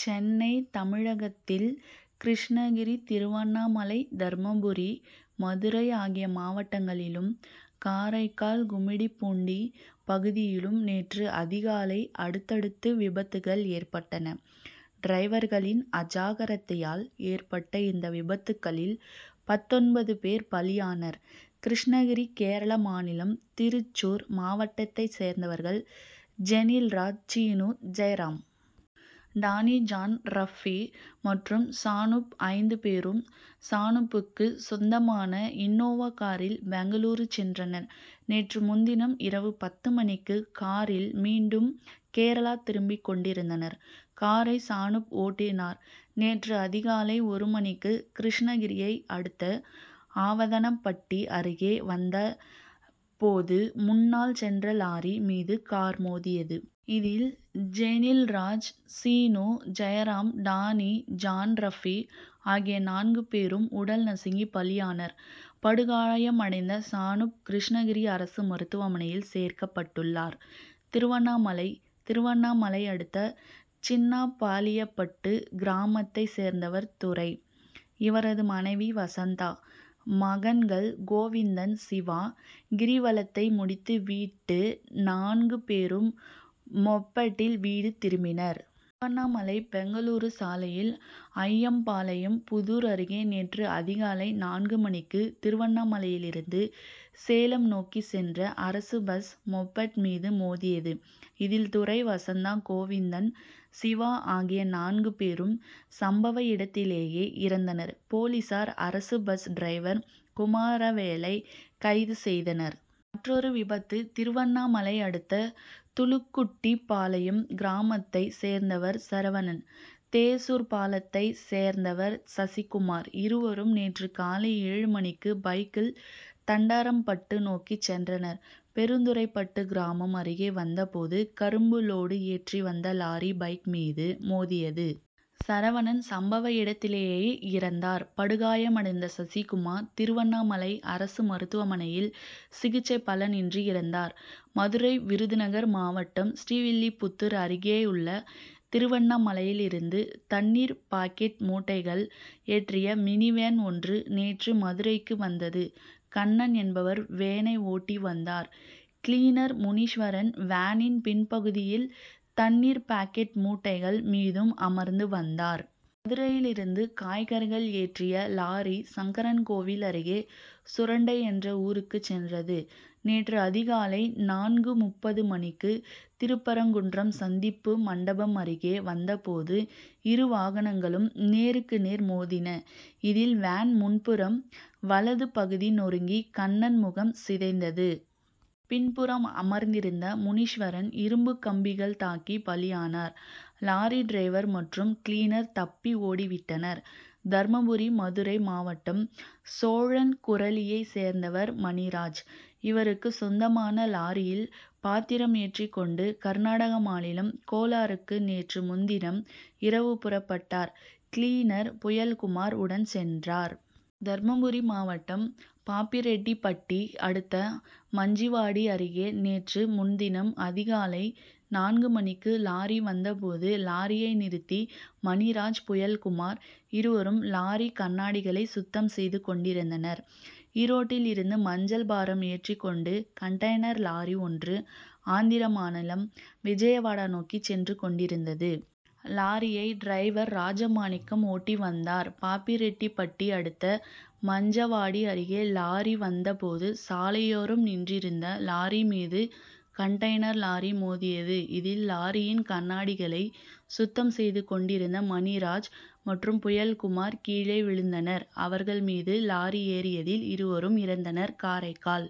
சென்னை தமிழகத்தில் கிருஷ்ணகிரி திருவண்ணாமலை தர்மபுரி மதுரை ஆகிய மாவட்டங்களிலும் காரைக்கால் கும்மிடிப்பூண்டி பகுதியிலும் நேற்று அதிகாலை அடுத்தடுத்து விபத்துக்கள் ஏற்பட் டன. டிரைவர்களின் அஜாக்கிரதையால் ஏற்பட்ட இந்த விபத்துக்களில் பத்தொன்பது பேர் பலியானர். கிருஷ்ணகிரி கேரள மாநிலம் திருச்சூர் மாவட்டத்தைச் சேர்ந்தவர்கள் ஜெனில்ராஜ் சீனுஜெயராம். டானி ஜான் ரப்பி மற்றும் சனூப். ஐந்து பேரும் சனூப்புக்கு சொந்தமான இன்னோவா காரில் பெங்களூரு சென்றனர். நேற்று முன்தினம் இரவு பத்து மணிக்கு காரில் மீண்டும் கேரளா திரும்பிக் கொண்டிருந்தனர். காரை சனூப் ஓட்டினார். நேற்று அதிகாலை ஒரு மணிக்கு கிருஷ்ணகிரியை அடுத்த ஆவதனபட்டி அருகே வந்த போது முன்னால் சென்ற லாரி மீது கார் மோதியது. இதில் ஜெனில்ராஜ் சீனு ஜெயராம் டானி ஜான் ரப்பி ஆகிய நான்கு பேரும் உடல் நசுங்கி பலியாயினர். படுகாயமடைந்த சனூப் கிருஷ்ணகிரி அரசு மருத்துவமனையில் சேர்க்கப்பட்டுள்ளார். திருவண்ணாமலை திருவண்ணாமலை அடுத்த சின்னபாலியப்பட்டு கிராமத்தை சேர்ந்தவர் துரை. இவரது மனைவி வசந்தா. மகன்கள் கோவிந்தன் சிவா. கிரிவலத்தை முடித்து விட்டு நான்கு பேரும் மொபெட்டில் வீடு திரும்பினர். திருவண்ணாமலை பெங்களூரு சாலையில் அய்யம்பாளையம் புதூர் அருகே நேற்று அதிகாலை நான்கு மணிக்கு திருவண்ணாமலையில் இருந்து சேலம் நோக்கிச் சென்ற அரசு பஸ் மொபெட் மீது மோதியது. இதில் துரை வசந்தா கோவிந்தன் சிவா ஆகிய நான்கு பேரும் சம்பவ இடத்திலேயே இறந்தனர். போலீசார் அரசு பஸ் டிரைவர் குமாரவேலை கைது செய்தனர். மற்றொரு விபத்து திருவண்ணாமலை அடுத்த துள்ளுக்குட்டி பாளையம் கிராமத்தை சேர்ந்தவர் சரவணன். தேசூர் பாளையத்தை சேர்ந்தவர் சசிகுமார். இருவரும் நேற்று காலை ஏழு மணிக்கு பைக்கில் தண்டராம்பட்டு நோக்கி சென்றனர். பெருந்துறைப்பட்டு கிராமம் அருகே வந்த போது கரும்பு லோடு ஏற்றி வந்த லாரி பைக் மீது மோதியது. சரவணன் சம்பவ இடத்திலேயே இறந்தார். படுகாயமடைந்த சசிகுமார் திருவண்ணாமலை அரசு மருத்துவமனையில் சிகிச்சை பலனின்றி இறந்தார். மதுரை விருதுநகர் மாவட்டம் ஸ்ரீவில்லிபுத்தூர் அருகேயுள்ள திருவண்ணாமலையிலிருந்து தண்ணீர் பாக்கெட் மூட்டைகள் ஏற்றிய மினிவேன் ஒன்று நேற்று மதுரைக்கு வந்தது. கண்ணன் என்பவர் வேனை ஓட்டி வந்தார். கிளீனர் முனீஸ்வரன் வேனின் பின்பகுதியில் தண்ணீர் பாக்கெட் மூட்டைகள் மீதும் அமர்ந்து வந்தார். மதுரையிலிருந்து காய்கறிகள் ஏற்றிய லாரி சங்கரன்கோவில் அருகே சுரண்டை என்ற ஊருக்கு சென்றது. நேற்று அதிகாலை நான்கு முப்பது மணிக்கு திருப்பரங்குன்றம் சந்திப்பு மண்டபம் அருகே வந்த போது இரு வாகனங்களும் நேருக்கு நேர் மோதின. இதில் வேன் முன்புறம் வலதுபகுதி நொறுங்கி கண்ணன் முகம் சிதைந்தது. பின்புறம் அமர்ந்திருந்த முனீஸ்வரன் இரும்பு கம்பிகள் தாக்கி பலியானர். லாரி டிரைவர் மற்றும் கிளீனர் தப்பி ஓடிவிட்டனர். தர்மபுரி மதுரை மாவட்டம் சோழன்குரலியை சேர்ந்தவர் மணிராஜ். இவருக்கு சொந்தமான லாரியில் பாத்திரம் ஏற்றி கொண்டு கர்நாடக மாநிலம் கோலாருக்கு நேற்று முன்தினம் இரவு புறப்பட்டார். கிளீனர் புயல்குமார் உடன் சென்றார். தர்மபுரி மாவட்டம் பாப்பிரெட்டிப்பட்டி அடுத்த மஞ்சவாடி அருகே நேற்று முன்தினம் அதிகாலை நான்கு மணிக்கு லாரி வந்த போது லாரியை நிறுத்தி மணிராஜ் புயல்குமார் இருவரும் லாரி கண்ணாடிகளை சுத்தம் செய்து கொண்டிருந்தனர். ஈரோட்டில் இருந்து மஞ்சள் பாரம் ஏற்றி கொண்டு கன்டெய்னர் லாரி ஒன்று ஆந்திர மாநிலம் விஜயவாடா நோக்கி சென்று கொண்டிருந்தது. லாரியை டிரைவர் ராஜமாணிக்கம் ஓட்டி வந்தார். பாப்பிரெட்டிப்பட்டி அடுத்த மஞ்சவாடி அருகே லாரி வந்த போது சாலையோரம் நின்றிருந்த லாரி மீது கன்டெய்னர் லாரி மோதியது. இதில் லாரியின் கண்ணாடிகளை சுத்தம் செய்து கொண்டிருந்த மணிராஜ் மற்றும் புயல்குமார் கீழே விழுந்தனர். அவர்கள் மீது லாரி ஏறியதில் இருவரும் இறந்தனர். காரைக்கால்